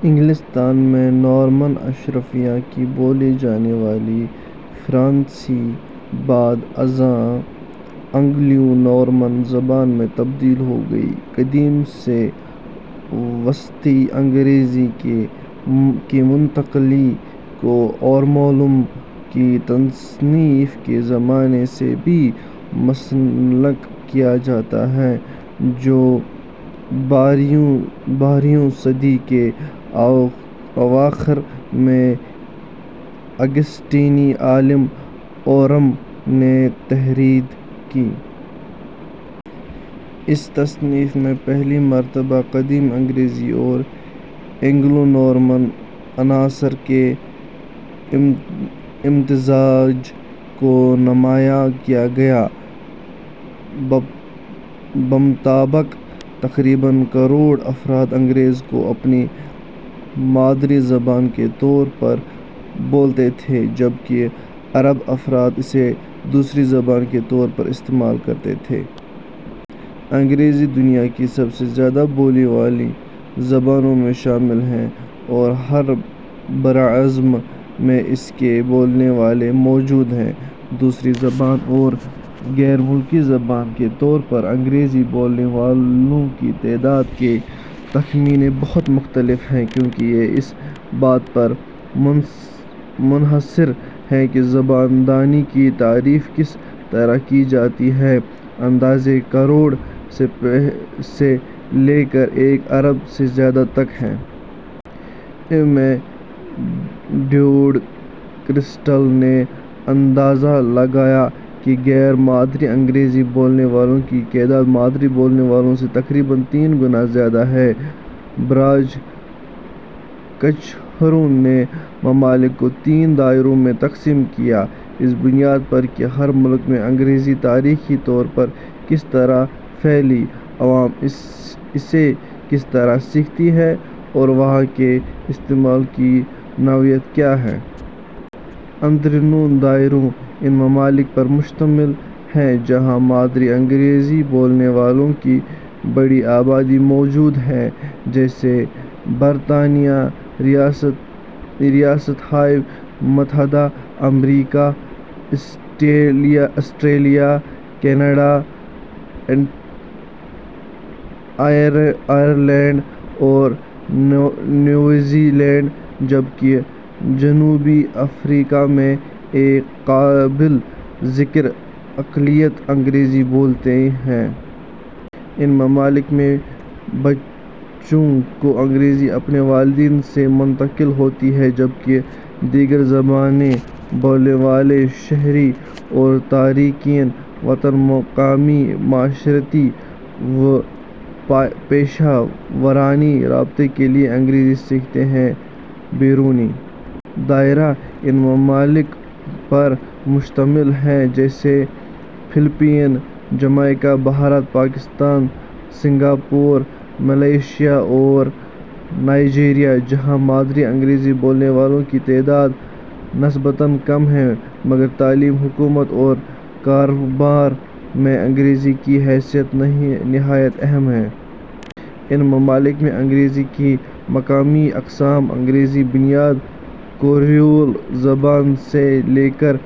۔ انگلستان میں نورمن اشرافیہ کی بولی جانے والی فرانسیسی بعد ازاں اینگلو نورمن زبان میں تبدیل ہو گئی۔ قدیم سے وسطی انگریزی کی منتقلی کو اورمولم کی تصنیف کے زمانے سے بھی منسلک کیا جاتا ہے، جو بارہویں صدی کے اواخر میں آگسٹینی عالم اورم نے تحریر کی۔ اس تصنیف میں پہلی مرتبہ قدیم انگریزی اور اینگلو نورمن عناصر کے امتزاج کو نمایاں کیا گیا۔ بمطابق ، تقریباً کروڑ افراد انگریزی کو اپنی مادری زبان کے طور پر بولتے تھے، جبکہ ارب افراد اسے دوسری زبان کے طور پر استعمال کرتے تھے۔ انگریزی دنیا کی سب سے زیادہ بولی جانے والی زبانوں میں شامل ہے اور ہر براعظم میں اس کے بولنے والے موجود ہیں۔ دوسری زبان اور غیر ملکی زبان کے طور پر انگریزی بولنے والوں کی تعداد کے تخمینے بہت مختلف ہیں، کیونکہ یہ اس بات پر منحصر ہیں کہ زبان دانی کی تعریف کس طرح کی جاتی ہے؛ اندازے کروڑ سے لے کر ایک ارب سے زیادہ تک ہیں۔ ء میں ڈیوڈ کرسٹل نے اندازہ لگایا کہ غیر مادری انگریزی بولنے والوں کی تعداد مادری بولنے والوں سے تقریباً تین گنا زیادہ ہے۔ براج کچھرو نے ممالک کو تین دائروں میں تقسیم کیا، اس بنیاد پر کہ ہر ملک میں انگریزی تاریخی طور پر کس طرح پھیلی، عوام اسے کس طرح سیکھتے ہیں اور وہاں اس کے استعمال کی نوعیت کیا ہے۔ اندرونی دائرہ اُن ممالک پر مشتمل ہے جہاں مادری انگریزی بولنے والوں کی بڑی آبادی موجود ہے، جیسے برطانیہ ، ریاست ہائے متحدہ امریکہ ، آسٹریلیا ، کینیڈا ، آئرلینڈ اور نیوزی لینڈ ؛ جبکہ جنوبی افریقا میں ایک قابلِ ذکر اقلیت انگریزی بولتی ہے۔ ان ممالک میں بچوں کو انگریزی اپنے والدین سے منتقل ہوتی ہے، جبکہ دیگر زبانیں بولنے والے شہری اور تارکین وطن مقامی معاشرتی و پیشہ ورانہ رابطے کے لیے انگریزی سیکھتے ہیں۔ بیرونی دائرہ اُن ممالک پر مشتمل ہے جیسے Philippines, Jamaica, Bharat, Pakistan, Singapore, Malaysia اور نائجیریا ، جہاں مادری انگریزی بولنے والوں کی تعداد نسبتاً کم ہے، مگر تعلیم، حکومت اور کاروبار میں انگریزی کی حیثیت نہایت اہم ہے۔ ان ممالک میں انگریزی کی مقامی اقسام، انگریزی بنیاد کریول زبانیں سے لے کر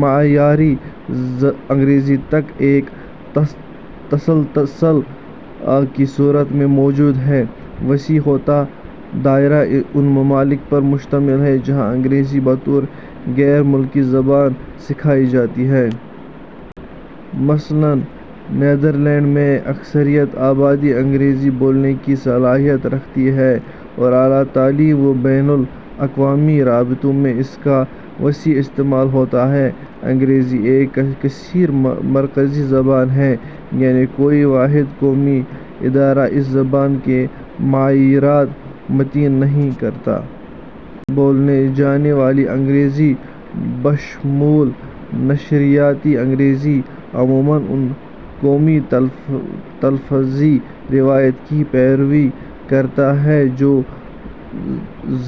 معیاری انگریزی تک، ایک تسلسل کی صورت میں موجود ہیں۔ وسیع ہوتا دائرہ اُن ممالک پر مشتمل ہے جہاں انگریزی بطور غیر ملکی زبان سکھائی جاتی ہے۔ مثلاً نیدرلینڈ میں اکثریتی آبادی انگریزی بولنے کی صلاحیت رکھتی ہے اور اعلیٰ تعلیم و بین الاقوامی رابطوں میں اس کا وسیع استعمال ہوتا ہے۔ انگریزی ایک کثیرمرکزی زبان ہے، یعنی کوئی واحد قومی ادارہ اس زبان کے معیارات متعین نہیں کرتا۔ بولی جانے والی انگریزی، بشمول نشریاتی انگریزی، عموماً اُن قومی تلفظی روایات کی پیروی کرتی ہے جو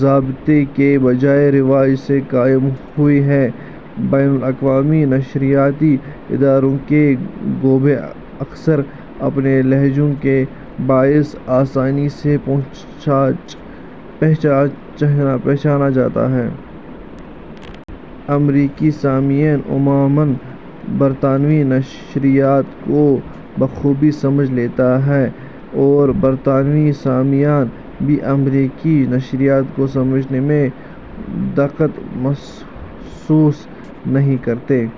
ضابطے کی بجائے رواج سے قائم ہوئی ہیں۔ بین الاقوامی نشریاتی اداروں کے گویے اکثر اپنے لہجوں کے باعث آسانی سے پہچانے جاتے ہیں۔ ۔ امریکی سامعین عموماً برطانوی نشریات کو بخوبی سمجھ لیتے ہیں اور برطانوی سامعین بھی امریکی نشریات کو سمجھنے میں دقت محسوس نہیں کرتے۔